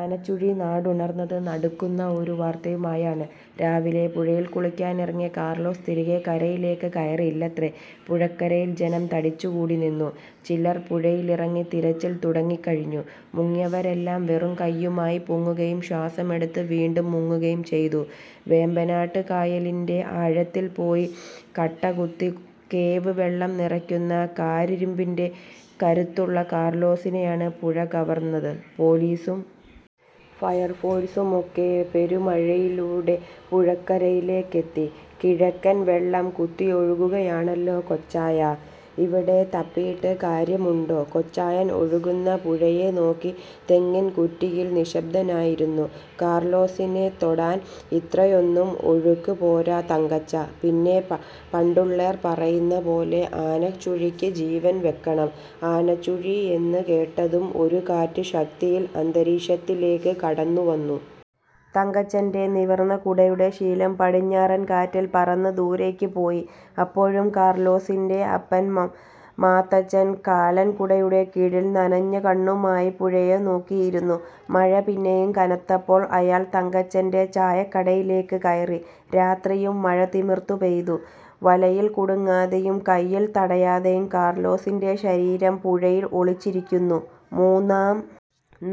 ആനച്ചുഴി നാടുണർന്നത് നടുക്കുന്ന ഒരു വാർത്തയുമായാണ്. രാവിലെ പുഴയിൽ കുളിക്കാനിറങ്ങിയ കാർലോസ് തിരികെ കരയ്ക്ക് കയറിയില്ലത്രേ. പുഴക്കരയിൽ ജനം തടിച്ചുകൂടി നിന്നു. ചിലർ പുഴയിലിറങ്ങി തിരച്ചിൽ തുടങ്ങിക്കഴിഞ്ഞു. മുങ്ങിയവരെല്ലാം വെറും കൈയുമായി പൊങ്ങുകയും ശ്വാസമെടുത്ത് വീണ്ടും മുങ്ങുകയും ചെയ്തു. വേമ്പനാട്ട് കായലിന്റെ ആഴത്തിൽ പോയി കട്ടകുത്തി കേവ് വള്ളം നിറയ്ക്കുന്ന കാരിരുമ്പിന്റെ കരുത്തുള്ള കാർലോസിനെയാണ് പുഴ കവർന്നത്. പോലീസും ഫയർഫോഴ്സുമൊക്കെ പെരുമഴയിലൂടെ പുഴക്കരയിലേക്കെത്തി. കിഴക്കൻ വെള്ളം കുത്തിയൊഴുകുകയാണല്ലോ കൊച്ചായാ. ഇവിടെ തപ്പിയിട്ട് കാര്യമുണ്ടോ. കൊച്ചായൻ ഒഴുകുന്ന പുഴയെ നോക്കി തെങ്ങിൻകുറ്റിയിൽ നിശബ്ദനായിരുന്നു. കാർലോസിനെ തൊടാൻ ഇത്രയൊന്നും ഒഴുക്ക് പോര തങ്കച്ചാ. പിന്നെ പണ്ടുള്ളോർ പറയുന്ന പോലെ ആനച്ചുഴിക്ക് ജീവൻ വെക്കണം. ആനച്ചുഴി എന്ന് കേട്ടതും ഒരു കാറ്റ് ശക്തിയിൽ അന്തരീക്ഷത്തിലേക്ക് കടന്നുവന്നു. തങ്കച്ചന്റെ നിവർന്ന കുടയുടെ ശീലം പിടഞ്ഞാറൻ കാറ്റിൽ പറന്ന് ദൂരേക്ക് പോയി. അപ്പോഴും കാർലോസിന്റെ അപ്പൻ മാത്തച്ചൻ കാലൻകുടയുടെ കീഴിൽ നനഞ്ഞ കണ്ണുമായി പുഴയെ നോക്കിയിരുന്നു. മഴ പിന്നെയും കനത്തപ്പോൾ അയാൾ തങ്കച്ചന്റെ ചായക്കടയിലേക്ക് കയറി. രാത്രിയും മഴ തിമിർത്തുപെയ്തു. വലയിൽ കുടുങ്ങാതെയും കൈയിൽ തടയാതെയും കാർലോസിന്റെ ശരീരം പുഴയിൽ ഒളിച്ചിരിക്കുന്നു. മൂന്നാം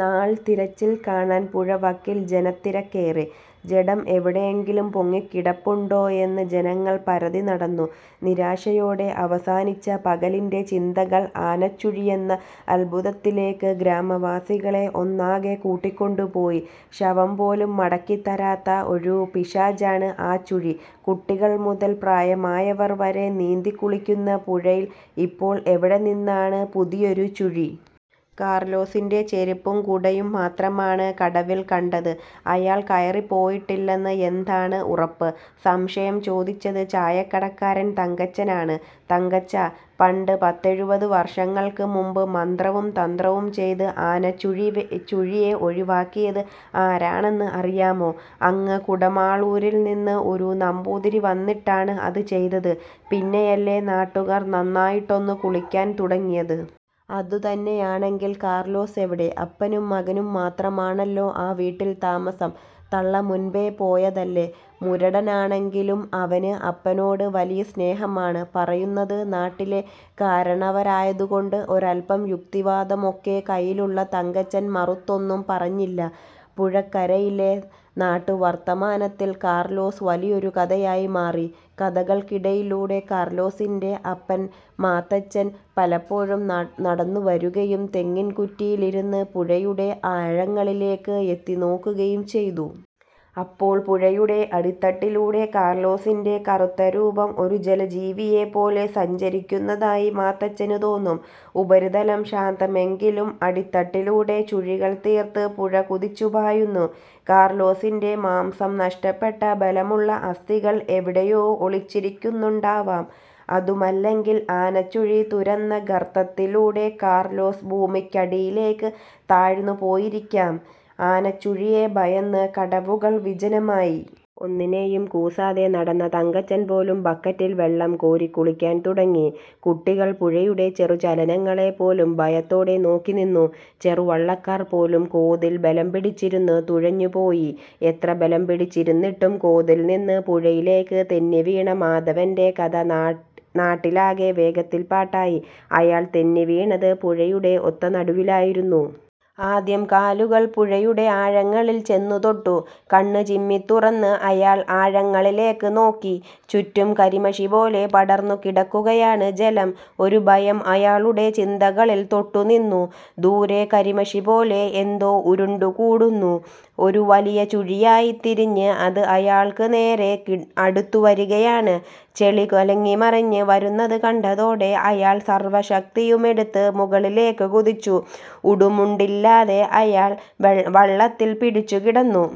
നാൾ തിരച്ചിൽ കാണാൻ പുഴവക്കിൽ ജനത്തിരക്കേറി. ജഡം എവിടെയെങ്കിലും പൊങ്ങിക്കിടപ്പുണ്ടോ എന്ന് ജനങ്ങൾ പരതി നടന്നു. നിരാശയോടെ അവസാനിച്ച പകലിന്റെ ചിന്തകൾ ആനച്ചുഴിയെന്ന അത്ഭുതത്തിലേക്ക് ഗ്രാമവാസികളെ ഒന്നാകെ കൂട്ടിക്കൊണ്ടുപോയി. ശവം പോലും മടക്കിത്തരാത്ത ഒരു പിശാചാണ് ആ ചുഴി. കുട്ടികൾ മുതൽ പ്രായമായവർ വരെ നീന്തിക്കുളിക്കുന്ന പുഴയിൽ ഇപ്പോൾ എവിടെനിന്നാണ് പുതിയൊരു ചുഴി. കാർലോസിന്റെ ചെരുപ്പും കുടയും മാത്രമാണ് കടവിൽ കണ്ടത്. അയാൾ കയറി പോയിട്ടില്ലെന്ന് എന്താണ് ഉറപ്പ്. സംശയം ചോദിച്ചത് ചായക്കടക്കാരൻ തങ്കച്ചനാണ്. തങ്കച്ചാ. പണ്ട് പത്തെഴുപത് വർഷങ്ങൾക്ക് മുൻപ് മന്ത്രവും തന്ത്രവും ചെയ്ത് ആനച്ചുഴിയെ ഒഴിവാക്കിയത് ആരാണെന്ന് അറിയാമോ. അങ്ങ് കുടമാളൂരിൽനിന്ന് ഒരു നമ്പൂതിരി വന്നിട്ടാണ് അത് ചെയ്തത്. പിന്നെയല്ലേ നാട്ടുകാർ നന്നായിട്ടൊന്ന് കുളിക്കാൻ തുടങ്ങിയത്. അതുതന്നെയല്ലെങ്കിൽ കാർലോസെവിടെ. അപ്പനും മകനും മാത്രമാണല്ലോ ആ വീട്ടിൽ താമസം. തള്ള മുൻപേ പോയതല്ലേ. മുരടനാണെങ്കിലും അവന് അപ്പനോട് വലിയ സ്നേഹമാണ്. പറയുന്നത് നാട്ടിലെ കാരണവരായതുകൊണ്ട് ഒരല്പം യുക്തിവാദമൊക്കെ കൈയിലുള്ള തങ്കച്ചൻ മറുത്തൊന്നും പറഞ്ഞില്ല. പുഴക്കരയിലെ നാട്ടുവർത്തമാനത്തിൽ കാർലോസ് വലിയൊരു കഥയായി മാറി. കഥകൾക്കിടയിലൂടെ കാർലോസിന്റെ അപ്പൻ മാത്തച്ചൻ പലപ്പോഴും നടന്നുവരുകയും തെങ്ങിൻകുറ്റിയിലിരുന്ന് പുഴയുടെ ആഴങ്ങളിലേക്ക് എത്തിനോക്കുകയും ചെയ്തു. അപ്പോൾ പുഴയുടെ അടിത്തട്ടിലൂടെ കാർലോസിന്റെ കറുത്ത രൂപം ഒരു ജലജീവിയെപ്പോലെ സഞ്ചരിക്കുന്നതായി മാത്തച്ചന് തോന്നും. ഉപരിതലം ശാന്തമെങ്കിലും അടിത്തട്ടിലൂടെ ചുഴികൾ തീർത്ത് പുഴ കുതിച്ചുപായുന്നു. കാർലോസിന്റെ മാംസം നഷ്ടപ്പെട്ട ബലമുള്ള അസ്ഥികൾ എവിടെയോ ഒളിച്ചിരിക്കുന്നുണ്ടാവാം. അതുമല്ലെങ്കിൽ ആനച്ചുഴി തുരന്ന ഗർത്തത്തിലൂടെ കാർലോസ് ഭൂമിക്കടിയിലേക്ക് താഴ്ന്നുപോയിരിക്കാം. ആനച്ചുഴിയെ ഭയന്ന് കടവുകൾ വിജനമായി. ഒന്നിനെയും കൂസാതെ നടന്ന തങ്കച്ചൻ പോലും ബക്കറ്റിൽ വെള്ളം കോരി കുളിക്കാൻ തുടങ്ങി. കുട്ടികൾ പുഴയുടെ ചെറുചലനങ്ങളെപ്പോലും ഭയത്തോടെ നോക്കിനിന്നു. ചെറുവള്ളക്കാർ പോലും കോതിൽ ബലംപിടിച്ചിരുന്ന് തുഴഞ്ഞുപോയി. എത്ര ബലംപിടിച്ചിരുന്നിട്ടും കോതിൽനിന്ന് പുഴയിലേക്ക് തെന്നിവീണ മാധവന്റെ കഥ നാട്ടിലാകെ വേഗത്തിൽ പാട്ടായി. അയാൾ തെന്നിവീണത് പുഴയുടെ ഒത്ത നടുവിലായിരുന്നു. ആദ്യം കാലുകൾ പുഴയുടെ ആഴങ്ങളിൽ ചെന്നുതൊട്ടു. കണ്ണ് ചിമ്മിത്തുറന്ന് അയാൾ ആഴങ്ങളിലേക്ക് നോക്കി. ചുറ്റും കരിമഷിപോലെ പടർന്നുകിടക്കുകയാണ് ജലം.ഒരു ഭയം അയാളുടെ ചിന്തകളിൽ തൊട്ടുനിന്നു. ദൂരെ കരിമഷിപോലെ എന്തോ ഉരുണ്ടുകൂടുന്നു. ഒരു വലിയ ചുഴിയായി തിരിഞ്ഞ് അത് അയാൾക്ക് നേരെ അടുത്തുവരികയാണ്. ചെളി കലങ്ങിമറിഞ്ഞ് വരുന്നത് കണ്ടതോടെ അയാൾ സർവശക്തിയുമെടുത്ത് മുകളിലേക്ക് കുതിച്ചു. ഉടുമുണ്ടില്ലാതെ അയാൾ വള്ളത്തിൽ പിടിച്ചുകിടന്നു.